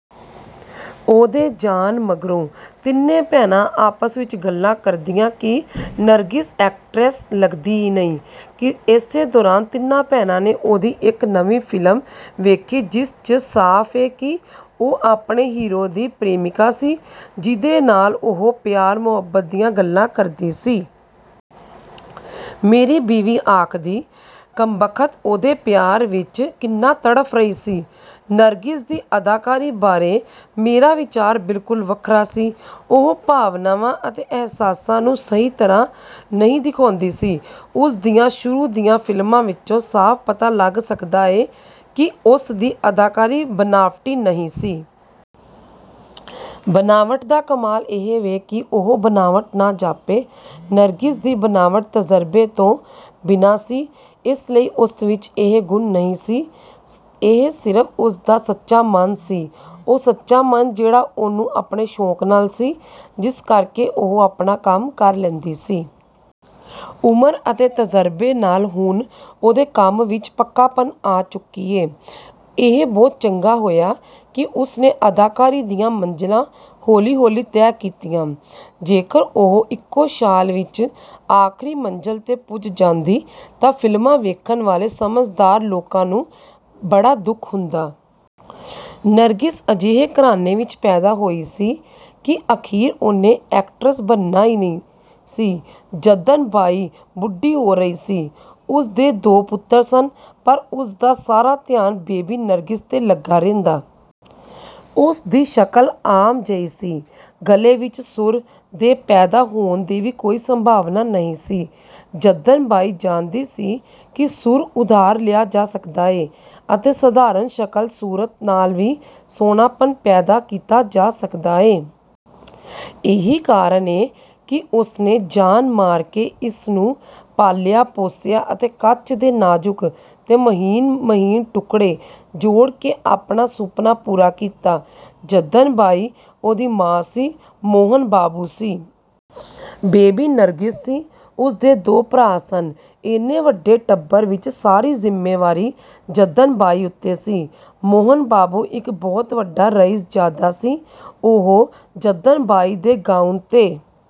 ਉਹਦੇ ਜਾਣ ਮਗਰੋਂ ਤਿੰਨੇ ਭੈਣਾਂ ਆਪਸ ਵਿਚ ਗੱਲਾਂ ਕਰਦੀਆਂ ਕਿ ਨਰਗਿਸ ਐਕਟਰੈਸ ਲੱਗਦੀ ਈ ਨਹੀਂ। ਇਸੇ ਦੌਰਾਨ ਤਿੰਨਾਂ ਭੈਣਾਂ ਨੇ ਉਹਦੀ ਇਕ ਨਵੀਂ ਫਿਲਮ ਵੇਖੀ ਜਿਸ ਚ ਸਾਫ ਏ ਕਿ ਉਹ ਆਪਣੇ ਹੀਰੋ ਦੀ ਪ੍ਰੇਮਿਕਾ ਸੀ ਜਿਹਦੇ ਨਾਲ ਉਹ ਪਿਆਰ ਮੁਹੱਬਤ ਦੀਆਂ ਗੱਲਾਂ ਕਰਦੀ ਸੀ। ਮੇਰੀ ਬੀਵੀ ਆਖਦੀ, "ਕਮਬਖ਼ਤ ਉਹਦੇ ਪਿਆਰ ਵਿਚ ਕਿੰਨਾ ਤੜਫ ਰਹੀ ਸੀ।" ਨਰਗਿਸ ਦੀ ਅਦਾਕਾਰੀ ਬਾਰੇ ਮੇਰਾ ਵਿਚਾਰ ਬਿਲਕੁਲ ਵੱਖਰਾ ਸੀ। ਉਹ ਭਾਵਨਾਵਾਂ ਅਤੇ ਅਹਿਸਾਸਾਂ ਨੂੰ ਸਹੀ ਤਰ੍ਹਾਂ ਨਹੀਂ ਦਿਖਾਉਂਦੀ ਸੀ। ਉਸ ਦੀਆਂ ਸ਼ੁਰੂ ਦੀਆਂ ਫਿਲਮਾਂ ਵਿਚੋਂ ਸਾਫ ਪਤਾ ਲੱਗ ਸਕਦਾ ਏ ਕਿ ਉਸ ਦੀ ਅਦਾਕਾਰੀ ਬਣਾਵਟੀ ਨਹੀਂ ਸੀ। ਬਣਾਵਟ ਦਾ ਕਮਾਲ ਇਹ ਵੇ ਕਿ ਉਹ ਬਣਾਵਟ ਨਾ ਜਾਪੇ। ਨਰਗਿਸ ਦੀ ਬਣਾਵਟ ਤਜ਼ਰਬੇ ਤੋਂ ਬਿਨਾਂ ਸੀ ਇਸ ਲਈ ਉਸ ਵਿਚ ਇਹ ਗੁਣ ਨਹੀਂ ਸੀ। ਇਹ ਸਿਰਫ ਉਸ ਦਾ ਸੱਚਾ ਮਨ ਸੀ। ਉਹ ਸੱਚਾ ਮਨ ਜਿਹੜਾ ਉਹਨੂੰ ਆਪਣੇ ਸ਼ੌਕ ਨਾਲ ਸੀ ਜਿਸ ਕਰਕੇ ਉਹ ਆਪਣਾ ਕੰਮ ਕਰ ਲੈਂਦੀ ਸੀ। ਉਮਰ ਅਤੇ ਤਜ਼ਰਬੇ ਨਾਲ ਹੁਣ ਉਹਦੇ ਕੰਮ ਵਿਚ ਪੱਕਾਪਣ ਆ ਚੁੱਕੀ ਏ। ਇਹ ਬਹੁਤ ਚੰਗਾ ਹੋਇਆ ਕਿ ਉਸ ਨੇ ਅਦਾਕਾਰੀ ਦੀਆਂ ਮੰਜ਼ਲਾਂ ਹੌਲੀ ਹੌਲੀ ਤੈਅ ਕੀਤੀਆਂ। ਜੇਕਰ ਉਹ ਇਕੋ ਛਾਲ ਵਿਚ ਆਖ਼ਰੀ ਮੰਜ਼ਲ ਤੇ ਪੁੱਜ ਜਾਂਦੀ ਤਾਂ ਫਿਲਮਾਂ ਵੇਖਣ ਵਾਲੇ ਸਮਝਦਾਰ ਲੋਕਾਂ ਨੂੰ ਬੜਾ ਦੁੱਖ ਹੁੰਦਾ। ਨਰਗਿਸ ਅਜਿਹੇ ਘਰਾਣੇ ਵਿਚ ਪੈਦਾ ਹੋਈ ਸੀ ਕਿ ਅਖੀਰ ਉਹਨੇ ਐਕਟਰਸ ਬਣਨਾ ਈ ਸੀ। ਜੱਦਨ ਬਾਈ ਬੁੱਢੀ ਹੋ ਰਹੀ ਸੀ। ਉਸ ਦੇ ਦੋ ਪੁੱਤਰ ਸਨ। ਪਰ ਉਸ ਦਾ ਸਾਰਾ ਧਿਆਨ ਬੇਬੀ ਨਰਗਿਸ ਤੇ ਲੱਗਾ ਰਹਿੰਦਾ। ਉਸ ਦੀ ਸ਼ਕਲ ਆਮ ਜਿਹੀ ਸੀ। ਗਲੇ ਵਿਚ ਸੁਰ ਦੇ ਪੈਦਾ ਹੋਣ ਦੀ ਵੀ ਕੋਈ ਸੰਭਾਵਨਾ ਨਹੀਂ ਸੀ। ਜੱਦਨ ਬਾਈ ਜਾਣਦੀ ਸੀ ਕਿ ਸੁਰ ਉਧਾਰ ਲਿਆ ਜਾ ਸਕਦਾ ਏ ਅਤੇ ਸਾਧਾਰਣ ਸ਼ਕਲ ਸੂਰਤ ਨਾਲ ਵੀ ਸੋਹਣਾਪਣ ਪੈਦਾ ਕੀਤਾ ਜਾ ਸਕਦਾ ਏ। ਇਹੀ ਕਾਰਨ ਏ ਕਿ ਉਸ ਨੇ ਜਾਨ ਮਾਰ ਕੇ ਇਸ ਨੂੰ ਪਾਲਿਆ ਪੋਸਿਆ ਅਤੇ ਕੱਚ ਦੇ ਨਾਜ਼ੁਕ ਤੇ ਮਹੀਨ ਮਹੀਨ ਟੁਕੜੇ ਜੋੜ ਕੇ ਆਪਣਾ ਸੁਪਨਾ ਪੂਰਾ ਕੀਤਾ। ਜੱਦਨ ਬਾਈ ਉਹਦੀ ਮਾਂ ਸੀ। ਮੋਹਨ ਬਾਬੂ ਸੀ। ਬੇਬੀ ਨਰਗਿਸ ਸੀ। ਉਸ ਦੇ ਦੋ ਭਰਾ ਸਨ। ਇੰਨੇ ਵੱਡੇ ਟੱਬਰ ਵਿਚੱ ਸਾਰੀ ਜ਼ਿੰਮੇਵਾਰੀ ਜੱਦਨ ਬਾਈ ਉਤੇ ਸੀ। ਮੋਹਨ ਬਾਬੂ ਇਕ ਬਹੁਤ ਵੱਡਾ ਰਈਸਜ਼ਾਦਾ ਸੀ। ਉਹ ਜੱਦਨ ਬਾਈ ਦੇ ਗਾਉਣ ਤੇ